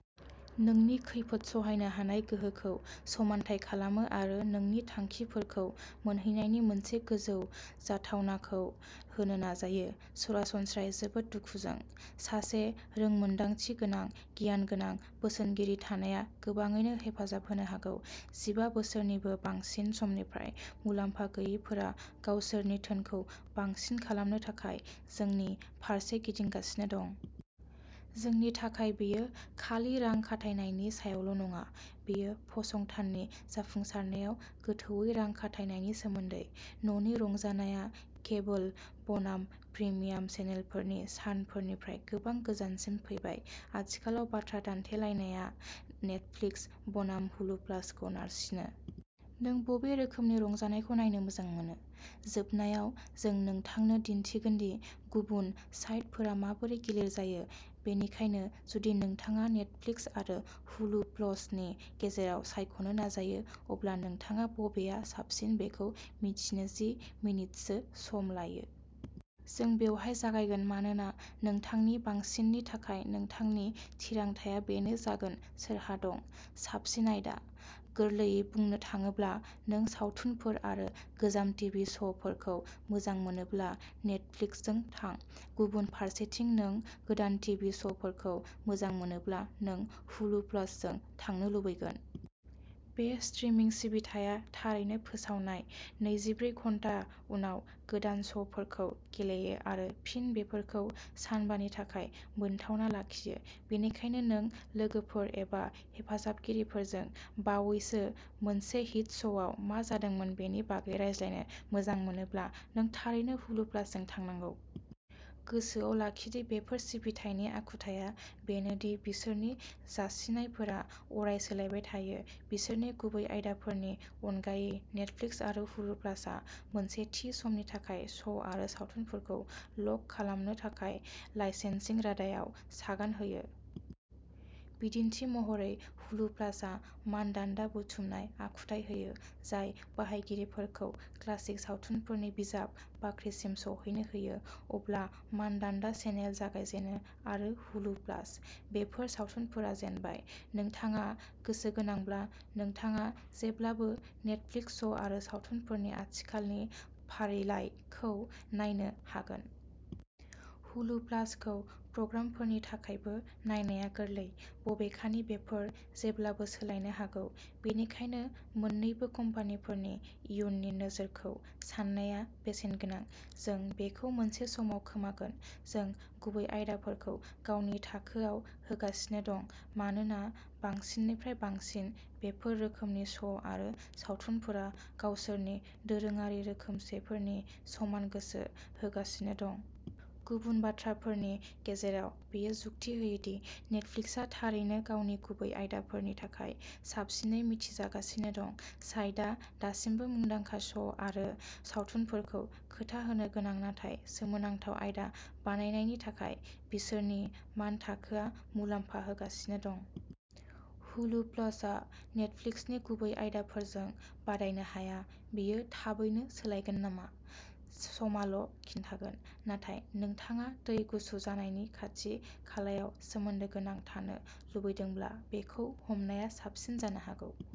नोंनि खैफोद सहायनो हानाय गोहोखौ समानथाय खालामो आरो नोंनि थांखिफोरखौ मोनहैनायनि मोनसे गोजौ जाथावनाखौ होनो नाजायो। सरासनस्रायै जोबोद दुखुजों। सासे रोंमोन्दांथिगोनां गियानगोनां बोसोनगिरि थानाया गोबाङैनो हेफाजाब होनो हागौ। जिबा बोसोरनिबो बांसिन समनिफ्राय मुलाम्फा गैयैफोरा गावसोरनि धोनखौ बांसिन खालामनो थाखाय जोंनि फारसे गिदिंगासिनो दं। जोंनि थाखाय बेयो खालि रां खाथायनायनि सायावल' नङा। बेयो फसंथाननि जाफुंसारनायाव गोथौवै रां खाथायनायनि सोमोन्दै। न'नि रंजानायआ केबोल बनाम प्रिमियाम चेनेलफोरनि सानफोरनिफ्राय गोबां गोजानसिम फैबाय। आथिखालाव बाथ्रा दान्थेलायनाया नेटफ्लिक्स बनाम हुलु प्लासखौ नारसिनो। नों बबे रोखोमनि रंजानायखौ नायनो मोजां मोनो? जोबनायाव जों नोंथांनो दिन्थिगोन दि गुबुन साइटफोरा माबोरै गिलिर जायो। बेनिखायनो जुदि नोंथाङा नेटफ्लिक्स आरो हुलु प्लसनि गेजेराव सायख'नो नाजायो अब्ला नोंथाङा बबेआ साबसिन बेखौ मिथिनो जि मिनिटसो सम लायो। जों बेवहाय जागायगोन मानोना नोंथांनि बांसिननि थाखाय नोंथांनि थिरांथाआ बेनो जागोन सोरहा दं? साबसिन आयदा? गोरलैयै बुंनो थाङोब्ला नों सावथुनफोर आरो गोजाम टिभि श'फोरखौ मोजां मोनोब्ला नेटफ्लिक्सजों थां। गुबुन फारसेथिं नों गोदान टिभि श'फोरखौ मोजां मोनोब्ला नों हुलु प्लासजों थांनो लुबैगोन। बे स्ट्रिमिं सिबिथाया थारैनो फोसावनाय नैजिब्रै घन्टा उनाव गोदान श'फोरखौ गेलेयो आरो फिन बेफोरखौ सानबानि थाखाय मोनथावना लाखियो। बेनिखायनो नों लोगोफोर एबा हेफाजाबगिरिफोरजों बावैसो मोनसे हिट श'आव मा जादोंमोन बेनि बागै रायज्लायनो मोजां मोनोब्ला नों थारैनो हुलु प्लासजों थांनांगौ। गोसोआव लाखि दि बेफोर सिबिथायनि आखुथाया बेनो दि बिसोरनि जासिनायफोरा अराय सोलायबाय थायो। बिसोरनि गुबै आयदाफोरनि अनगायै नेटफ्लिक्स आरो हुलु प्लासआ मोनसे थि समनि थाखाय श'आरो सावथुनफोरखौ लक खालामनो थाखाय लाइसेन्सिं रादायाव सागान होयो। बिदिन्थि महरै हुलु प्लासआ मानदान्दा बुथुमनाय आखुथाय होयो। जाय बाहायगिरिफोरखौ क्लासिक सावथुनफोरनि बिजाब बाख्रिसिम सौहैनो होयो। अब्ला मानदान्दा चेनेल जागायजेनो आरो हुलु प्लास। बेफोर सावथुनफोरा जेनबाय। नोंथाङा गोसोगोनांब्ला नोंथाङा जेब्लाबो नेटफ्लिक्स श'आरो सावथुनफोरनि आथिखालनि फारिलाइखौ नायनो हागोन। हुलु प्लासखौ प्रग्रामफोरनि थाखायबो नायनाया गोरलै। बबेखानि बेफोर जेब्लाबो सोलायनो हागौ। बेनिखायनो मोननैबो कम्पानिफोरनि इयुननि नोजोरखौ साननाया बेसेनगोनां। जों बेखौ मोनसे समाव खोमागोन। जों गुबै आयदाफोरखौ गावनि थाखोयाव होगासिनो दं मानोना बांसिननिफ्राय बांसिन बेफोर रोखोमनि श' आरो सावथुनफोरा गावसोरनि दोरोङारि रोखोमसेफोरनि समान गोसो होगासिनो दं। गुबुन बाथ्राफोरनि गेजेराव बेयो जुक्ति होयो दि नेटफ्लिक्सआ थारैनो गावनि गुबै आयदाफोरनि थाखाय साबसिनै मिथिजागासिनो दं। साइटआ दासिमबो मुंदांखा श' आरो सावथुनफोरखौ खोथा होनो गोनां नाथाय सोमोनांथाव आयदा बानायनायनि थाखाय बिसोरनि मानथाखोआ मुलाम्फा होगासिनो दं। हुलु प्लसआ नेटफ्लिक्सनि गुबै आयदाफोरजों बादायनो हाया। बेयो थाबैनो सोलायगोन नामा? समाल' खिन्थागोन। नाथाय नोंथाङा दै गुसु जानायनि खाथि खालायाव सोमोन्दो गोनां थानो लुबैदोंब्ला बेखौ हमनाया साबसिन जानो हागौ।